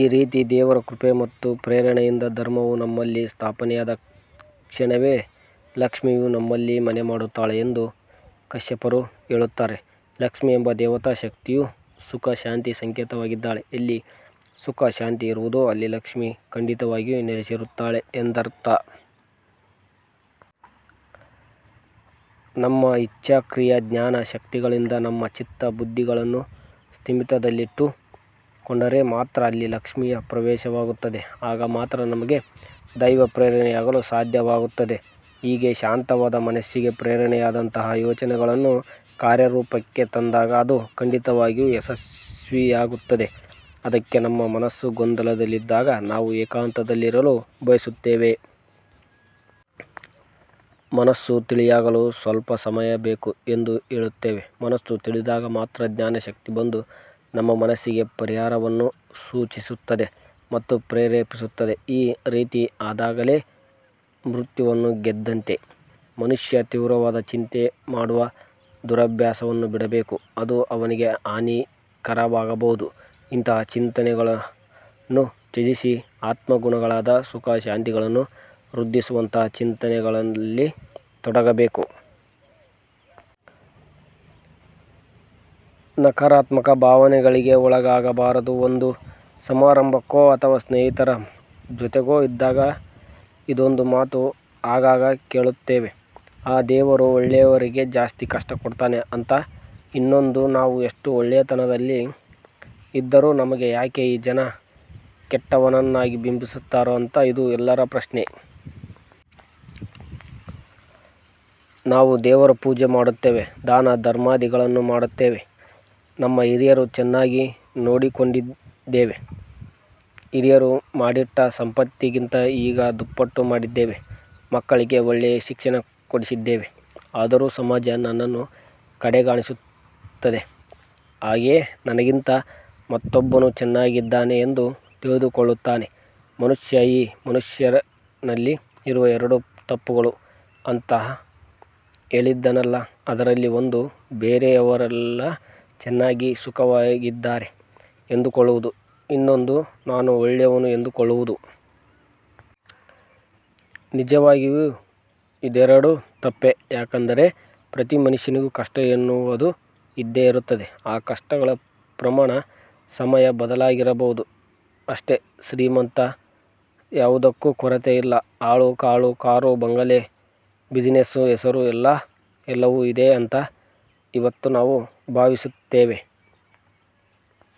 ಈ ರೀತಿ ದೇವರ ಕೃಪೆ ಮತ್ತು ಪ್ರೇರಣೆಯಿಂದ ಧರ್ಮವು ನಮ್ಮಲ್ಲಿ ಸ್ಥಾಪನೆಯಾದ ಕ್ಷಣವೇ ಲಕ್ಷ್ಮಿಯು ನಮ್ಮಲ್ಲಿ ಮನೆ ಮಾಡುತ್ತಾಳೆ ಎಂದು ಕಶ್ಯಪರು ಹೇಳುತ್ತಾರೆ. ಲಕ್ಷ್ಮಿ ಎಂಬ ದೇವತಾ ಶಕ್ತಿಯು ಸುಖ ಶಾಂತಿಯ ಸಂಕೇತವಾಗಿದ್ದಾಳೆ. ಎಲ್ಲಿ ಸುಖ ಶಾಂತಿ ಇರುವುದೋ ಅಲ್ಲಿ ಲಕ್ಷ್ಮಿ ಖಂಡಿತವಾಗಿಯೂ ನೆಲೆಸಿರುತ್ತಾಳೆ ಎಂದರ್ಥ. ನಮ್ಮ ಇಚ್ಛಾ, ಕ್ರಿಯಾ, ಜ್ಞಾನ ಶಕ್ತಿಗಳಿಂದ ನಮ್ಮ ಚಿತ್ತ, ಬುದ್ಧಿಗಳನ್ನು ಸ್ಥಿಮಿತದಲ್ಲಿಟ್ಟು ಕೊಂಡರೆ ಮಾತ್ರ ಅಲ್ಲಿ ಲಕ್ಷ್ಮಿಯ ಪ್ರವೇಶವಾಗುತ್ತದೆ. ಆಗ ಮಾತ್ರ ನಮಗೆ ದೈವ ಪ್ರೇರಣೆಯಾಗಲು ಸಾಧ್ಯವಾಗುತ್ತದೆ. ಹೀಗೆ ಶಾಂತವಾದ ಮನಸ್ಸಿಗೆ ಪ್ರೇರಣೆಯಾದಂತಹ ಯೋಚನೆಗಳನ್ನು ಕಾರ್ಯರೂಪಕ್ಕೆ ತಂದಾಗ ಅದು ಖಂಡಿತವಾಗಿಯೂ ಯಶಸ್ವಿಯಾಗುತ್ತದೆ. ಅದಕ್ಕೆ ನಮ್ಮ ಮನಸ್ಸು ಗೊಂದಲದಲ್ಲಿದ್ದಾಗ ನಾವು ಏಕಾಂತದಲ್ಲಿರಲು ಬಯಸುತ್ತೇವೆ. ಮನಸ್ಸು ತಿಳಿಯಾಗಲು ಸ್ವಲ್ಪ ಸಮಯ ಬೇಕು ಎಂದು ಹೇಳುತ್ತೇವೆ. ಮನಸ್ಸು ತಿಳಿಯಾದಾಗ ಮಾತ್ರ ಜ್ಞಾನಶಕ್ತಿ ಬಂದು ನಮ್ಮ ಮನಸ್ಸಿಗೆ ಪರಿಹಾರವನ್ನು ಸೂಚಿಸುತ್ತದೆ ಮತ್ತು ಪ್ರೇರೇಪಿಸುತ್ತದೆ. ಈ ರೀತಿ ಆದಾಗಲೇ ಮೃತ್ಯುವನ್ನು ಗೆದ್ದಂತೆ. ಮನುಷ್ಯ ತೀವ್ರವಾದ ಚಿಂತೆ ಮಾಡುವ ದುರಭ್ಯಾಸವನ್ನು ಬಿಡಬೇಕು. ಅದು ಅವನಿಗೆ ಹಾನಿಕಾರಕವಾಗಬಹುದು. ಇಂತಹ ಚಿಂತೆಗಳನ್ನು ತ್ಯಜಿಸಿ, ಆತ್ಮಗುಣಗಳಾದ ಸುಖ ಶಾಂತಿಗಳನ್ನು ವೃದ್ಧಿಸುವಂತಹ ಚಿಂತನೆಗಳಲ್ಲಿ ತೊಡಗಬೇಕು. ನಕಾರಾತ್ಮಕ ಭಾವನೆಗಳಿಗೆ ಒಳಗಾಗಬಾರದು. ಒಂದು ಸಮಾರಂಭಕ್ಕೋ, ಅಥವಾ ಸ್ನೇಹಿತರ ಜೊತೆಗೋ ಇದ್ದಾಗ ಇದೊಂದು ಮಾತು ಆಗಾಗ ಕೇಳುತ್ತೇವೆ. ಆ ದೇವರು ಒಳ್ಳೆಯವರಿಗೆ ಜಾಸ್ತಿ ಕಷ್ಟ ಕೊಡ್ತಾನೆ ಅಂತ. ಇನ್ನೊಂದು ನಾವು ಎಷ್ಟು ಒಳ್ಳೆತನದಲ್ಲಿ ಇದ್ದರೂ ನಮಗೆ ಯಾಕೆ ಈ ಜನ ಕೆಟ್ಟವನನ್ನಾಗಿ ಬಿಂಬಸ್ತಾರೋ ಅಂತ. ಇದು ಎಲ್ಲರ ಪ್ರಶ್ನೆ. ನಾವು ದೇವರ ಪೂಜೆ ಮಾಡ್ತೇವೆ. ದಾನ ಧರ್ಮಾದಿಗಳನ್ನು ಮಾಡ್ತೇವೆ. ನಮ್ಮ ಹಿರಿಯರನ್ನು ಚೆನ್ನಾಗಿ ನೋಡಿಕೊಂಡಿದ್ದೇವೆ. ಹಿರಿಯರು ಮಾಡಿಟ್ಟ ಸಂಪತ್ತಿಗಿಂತ ಈಗ ದುಪ್ಪಟ್ಟು ಮಾಡಿದ್ದೇವೆ, ಮಕ್ಕಳಿಗೆ ಒಳ್ಳೆಯ ಶಿಕ್ಷಣ ಕೊಡಿಸಿದ್ದೇವೆ ಆದರೂ ಸಮಾಜ ನನ್ನನ್ನು ಕಡೆಗಾಣಿಸುತ್ತದೆ. ಹಾಗೆ ನನಗಿಂತ ಮತ್ತೊಬ್ಬನು ಚೆನ್ನಾಗಿದ್ದಾನೆ ಎಂದು ತಿಳಿದುಕೊಳ್ಳುತ್ತಾನೆ ಮನುಷ್ಯ. ಈ ಮನುಷ್ಯನಲ್ಲಿ ಇರುವ ಎರಡು ತಪ್ಪುಗಳು ಅಂತ ಹೇಳಿದೆನಲ್ಲ ಅದರಲ್ಲಿ ಒಂದು ಬೇರೆಯವರೆಲ್ಲ ಚೆನ್ನಾಗಿ ಸುಖವಾಗಿದ್ದಾನೆ ಎಂದುಕೊಳ್ಳುವುದು ಇನ್ನೊಂದು ನಾನು ಒಳ್ಳೆಯವನು ಎಂದುಕೊಳ್ಳುವುದು. ನಿಜವಾಗಿ ಇದೆರಡು ತಪ್ಪೆ. ಯಾಕೆಂದರೆ ಪ್ರತೀ ಮನುಷ್ಯನಿಗೂ ಕಷ್ಟ ಎನ್ನುವದು ಇದ್ದೆ ಇರುತ್ತದೆ. ಆ ಕಷ್ಟಗಳ ಪ್ರಮಾಣ, ಸಮಯ ಬದಲಾಗಿರಬಹುದು ಅಷ್ಟೆ. ಶ್ರೀಮಂತ ಯಾವುದಕ್ಕೂ ಕೊರತೆ ಇಲ್ಲ. ಆಳು ಕಾಳು ಕಾರು ಬಂಗಲೆ ಬಿಜನೆಸ್ಸು ಹೆಸರು ಎಲ್ಲ ಎಲ್ಲವೂ ಇದೆ ಅಂತ ಇವತ್ತು ನಾವು ಭಾವಿಸುತ್ತೆವೆ.